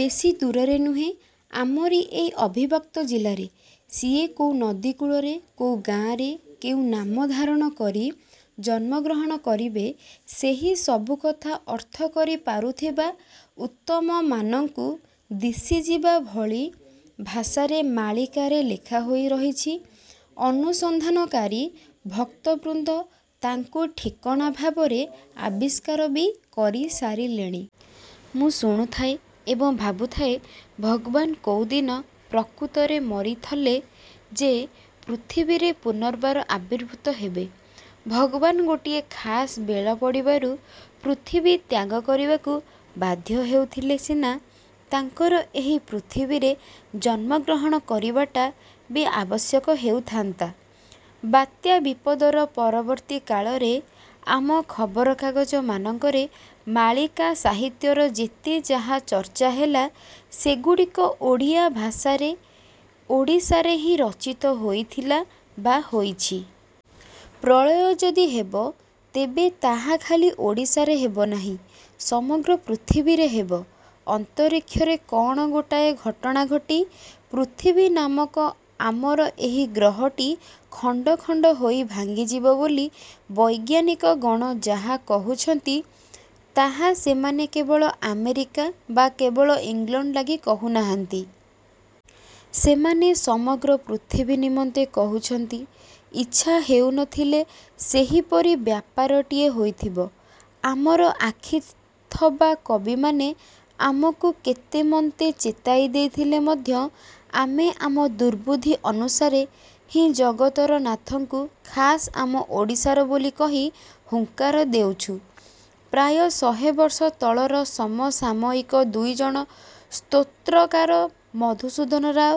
ବେଶୀ ଦୂରରେ ନୁହେଁ, ଆମରି ଏହି ଅବିଭକ୍ତ ଜିଲ୍ଲାରେ। ସିଏ କୋଉ ନଦୀ କୂଳରେ କୋଉ ଗାଆଁରେ କେଉଁ ନାମ ଧାରଣ କରି ଜନ୍ମଗ୍ରହଣ କରିବେସେହି ସବୁକଥା ଅର୍ଥ କରି ପାରୁଥିବା ଉତ୍ତମମାନଙ୍କୁ ଦିଶିଯିବା ଭଳି ଭାଷାରେ ମାଳୀକାରେ ଲେଖା ହୋଇ ରହିଛି। ଅନୁସନ୍ଧାନକାରୀ ଭକ୍ତବୃନ୍ଦ ତାଙ୍କୁ ଠିକଣା ଭାବରେ ଆବିଷ୍କାର ବି କରି ସାରିଲେଣି। ମୁଁ ଶୁଣୁଥାଏ ଏବଂ ଭାବୁଥାଏ ଭଗବାନ କୋଉଦିନ ପ୍ରକୃତରେ ମରିଥଲେ ଯେ ପୃଥିବୀରେ ପୁନର୍ବାର ଆବିର୍ଭୂତ ହେବେ। ଭଗବାନ ଗୋଟାଏ ଖାସ୍ ବେଳ ପଡ଼ିବାରୁ ପୃଥିବୀ ତ୍ୟାଗ କରିବାକୁ ବାଧ୍ୟ ହେଉଥିଲେ ସିନା ତାଙ୍କର ଏହି ପୃଥିବୀରେ ଜନ୍ମଗ୍ରହଣ କରିବାଟା ବି ଆବଶ୍ୟକ ହେଉଥାନ୍ତା। ବାତ୍ୟା ବିପଦର ପରବର୍ତ୍ତୀ କାଳରେ ଆମ ଖବରକାଗଜ ମାନଙ୍କରେ ମାଳିକା ସାହିତ୍ୟର ଯେତେ ଯାହା ଚର୍ଚ୍ଚା ହେଲା ସେଗୁଡ଼ିକ ଓଡ଼ିଆ ଭାଷାରେ ଓଡ଼ିଶାରେ ହିଁ ରଚିତ ହୋଇଥିଲା ବା ହୋଇଛି। ପ୍ରଳୟ ଯଦି ହେବ ତେବେ ତାହା ଖାଲି ଓଡ଼ିଶାରେ ହେବନାହିଁ। ସମଗ୍ର ପୃଥିବୀରେ ହେବ। ଅନ୍ତରୀକ୍ଷରେ କ'ଣ ଗୋଟାଏ ଘଟଣା ଘଟି ପୃଥିବୀ ନାମକ ଆମର ଏହି ଗ୍ରହଟି ଖଣ୍ଡ ଖଣ୍ଡ ହୋଇ ଭାଙ୍ଗିଯିବ ବୋଲି ବୈଜ୍ଞାନିକଗଣ ଯାହା କହୁଛନ୍ତି ତାହା ସେମାନେ କେବଳ ଆମେରିକା ବା କେବଳ ଇଂଲଣ୍ଡ ଲାଗି କହୁନାହାନ୍ତି। ସେମାନେ ସମଗ୍ର ପୃଥିବୀ ନିମନ୍ତେ କହୁଛନ୍ତି। ଇଚ୍ଛା ହେଉନଥିଲେ ସେହିପରି ବ୍ୟାପାରଟିଏ ହୋଇଥିବ। ଆମର ଆଖିଥବା କବିମାନେ ଆମକୁ କେତେମନ୍ତେ ଚେତାଇ ଦେଇଥିଲେ ମଧ୍ୟ ଆମେ ଆମ ଦୁର୍ବୁଦ୍ଧି ଅନୁସାରେ ହିଁ ଜଗତର ନାଥଙ୍କୁ ଖାସ୍ ଆମ ଓଡ଼ିଶାର ବୋଲି କହି ହୁଙ୍କାର ଦେଉଛୁ। ପ୍ରାୟ ଶହେ ବର୍ଷ ତଳର ସମସାମୟିକ ଦୁଇଜଣ ସ୍ତ୍ରୋତ୍ରକାର ମଧୁସୂଦନ ରାଓ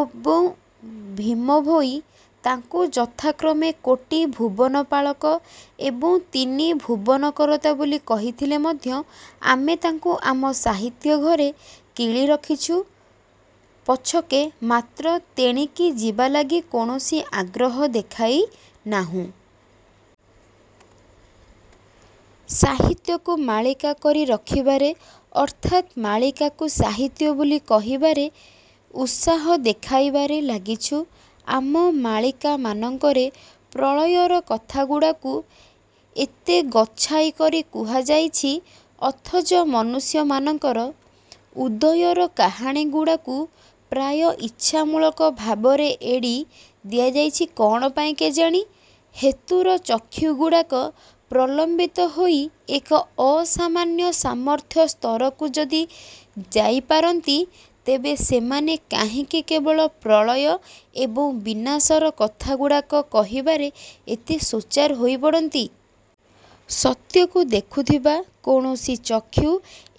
ଏବଂ ଭୀମ ଭୋଇ, ତାଙ୍କୁ ଯଥାକ୍ରମେ କୋଟିଭୁବନପାଳକ ଏବଂ ତିନି ଭୁବନକରତା ବୋଲି କହିଥିଲେ ମଧ୍ୟ ଆମେ ତାଙ୍କୁ ଆମ ସାହିତ୍ୟଘରେ କିଳି ରଖିଛୁ ପଛକେ ମାତ୍ର ତେଣିକି ଯିବା ଲାଗି କୌଣସି ଆଗ୍ରହ ଦେଖାଇନାହୁଁ। ସାହିତ୍ୟକୁ ମାଳିକା କରି ରଖିବାରେ ଅର୍ଥାତ୍ ମାଳିକାକୁ ସାହିତ୍ୟ ବୋଲି କହିବାରେ ଉତ୍ସାହ ଦେଖାଇବାରେ ଲାଗିଛୁ। ଆମ ମାଳିକାମାନଙ୍କରେ ପ୍ରଳୟର କଥାଗୁଡ଼ାକୁ ଏତେ ଗଚ୍ଛାଇ କରି କୁହାଯାଇଛି, ଅଥଚ ମନୁଷ୍ୟମାନଙ୍କର ଉଦୟର କାହାଣୀଗୁଡ଼ାକୁ ପ୍ରାୟ ଇଚ୍ଛାମୂଳକ ଭାବରେ ଏଡ଼ି ଦିଆଯାଇଛି କ'ଣ ପାଇଁ କେଜାଣି? ହେତୁର ଚକ୍ଷୁଗୁଡ଼ାକ ପ୍ରଲମ୍ବିତ ହୋଇ ଏକ ଅସାମାନ୍ୟ ସାମର୍ଥ୍ୟସ୍ତରକୁ ଯଦି ଯାଇପାରନ୍ତି, ତେବେ ସେମାନେ କାହିଁକି କେବଳ ପ୍ରଳୟ ଏବଂ ବିନାଶର କଥାଗୁଡ଼ାକ କହିବାରେ ଏତେ ସୋଚ୍ଚାର ହୋଇପଡ଼ନ୍ତି? ସତ୍ୟକୁ ଦେଖୁଥବା କୌଣସି ଚକ୍ଷୁ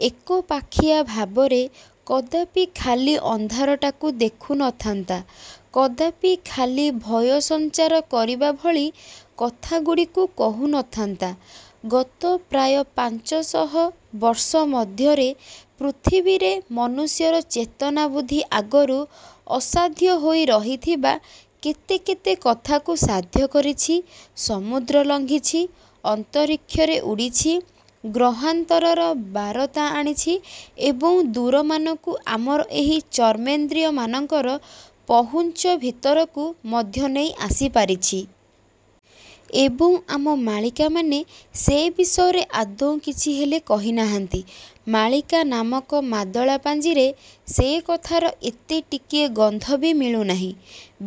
ଏକପାଖିଆ ଭାବରେ କଦାପି ଖାଲି ଅନ୍ଧାରଟାକୁ ଦେଖୁନଥାନ୍ତା, କଦାପି ଖାଲି ଭୟସଂଚାର କରିବା ଭଳି କଥାଗୁଡ଼ିକୁ କହୁନଥାନ୍ତା। ଗତ ପ୍ରାୟ ପାଂଚଶହ ବର୍ଷ ମଧ୍ୟରେ ପୃଥିବୀରେ ମନୁଷ୍ୟର ଚେତନାବୁଦ୍ଧି ଆଗରୁ ଅସାଧ୍ୟ ହୋଇ ରହିଥିବା କେତେ କେତେ କଥାକୁ ସାଧ୍ୟ କରିଛି; ସମୁଦ୍ର ଲଂଘିଛି, ଅନ୍ତରୀକ୍ଷରେ ଉଡ଼ିଛି, ଗ୍ରହାନ୍ତରର ବାରତା ଆଣିଛି ଏବଂ ଦୂରମାନଙ୍କୁ ଆମର ଏହି ଚର୍ମେନ୍ଦ୍ରିୟମାନଙ୍କର ପହୁଞ୍ଚ ଭିତରକୁ ମଧ୍ୟ ନେଇ ଆସି ପାରିଛି। ଏବଂ, ଆମ ମାଳିକାମାନେ ସେ ବିଷୟରେ ଆଦୌ କିଛି ହେଲେ କହିନାହାନ୍ତି। ମାଳିକା ନାମକ ମାଦଳା ପାଞ୍ଜିରେ ସେକଥାର ଏତେ ଟିକିଏ ଗନ୍ଧ ବି ମିଳୁନାହିଁ।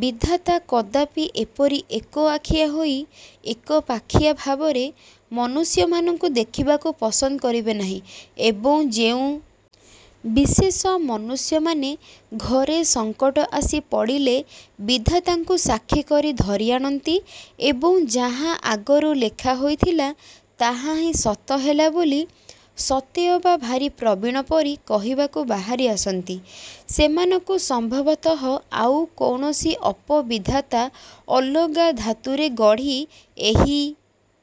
ବିଧାତା କଦାପି ଏପରି ଏକଆଖିଆ ହୋଇ ଏକପାଖିଆ ଭାବରେ ମନୁଷ୍ୟମାନଙ୍କୁ ଦେଖିବାକୁ ପସନ୍ଦ କରିବେ ନାହିଁ। ଏବଂ ଯେଉଁ ବିଶେଷ ମନୁଷ୍ୟମାନେ ଘରେ ସଂକଟ ଆସି ପଡ଼ିଲେ ବିଧାତାଙ୍କୁ ସାକ୍ଷୀ କରି ଧରିଆଣନ୍ତି ଏବଂ ଯାହା ଆଗରୁ ଲେଖା ହୋଇଥିଲା ତାହା ହିଁ ସତ ହେଲା ବୋଲି ସତେ ଅବା ଭାରି ପ୍ରବୀଣ ପରି କହିବାକୁ ବାହାରି ଆସନ୍ତି ସେମାନଙ୍କୁ ସମ୍ଭବତଃ ଆଉ କୌଣସି ଅପବିଧାତା ଅଲଗା ଧାତୁରେ ଗଢ଼ି ଏହି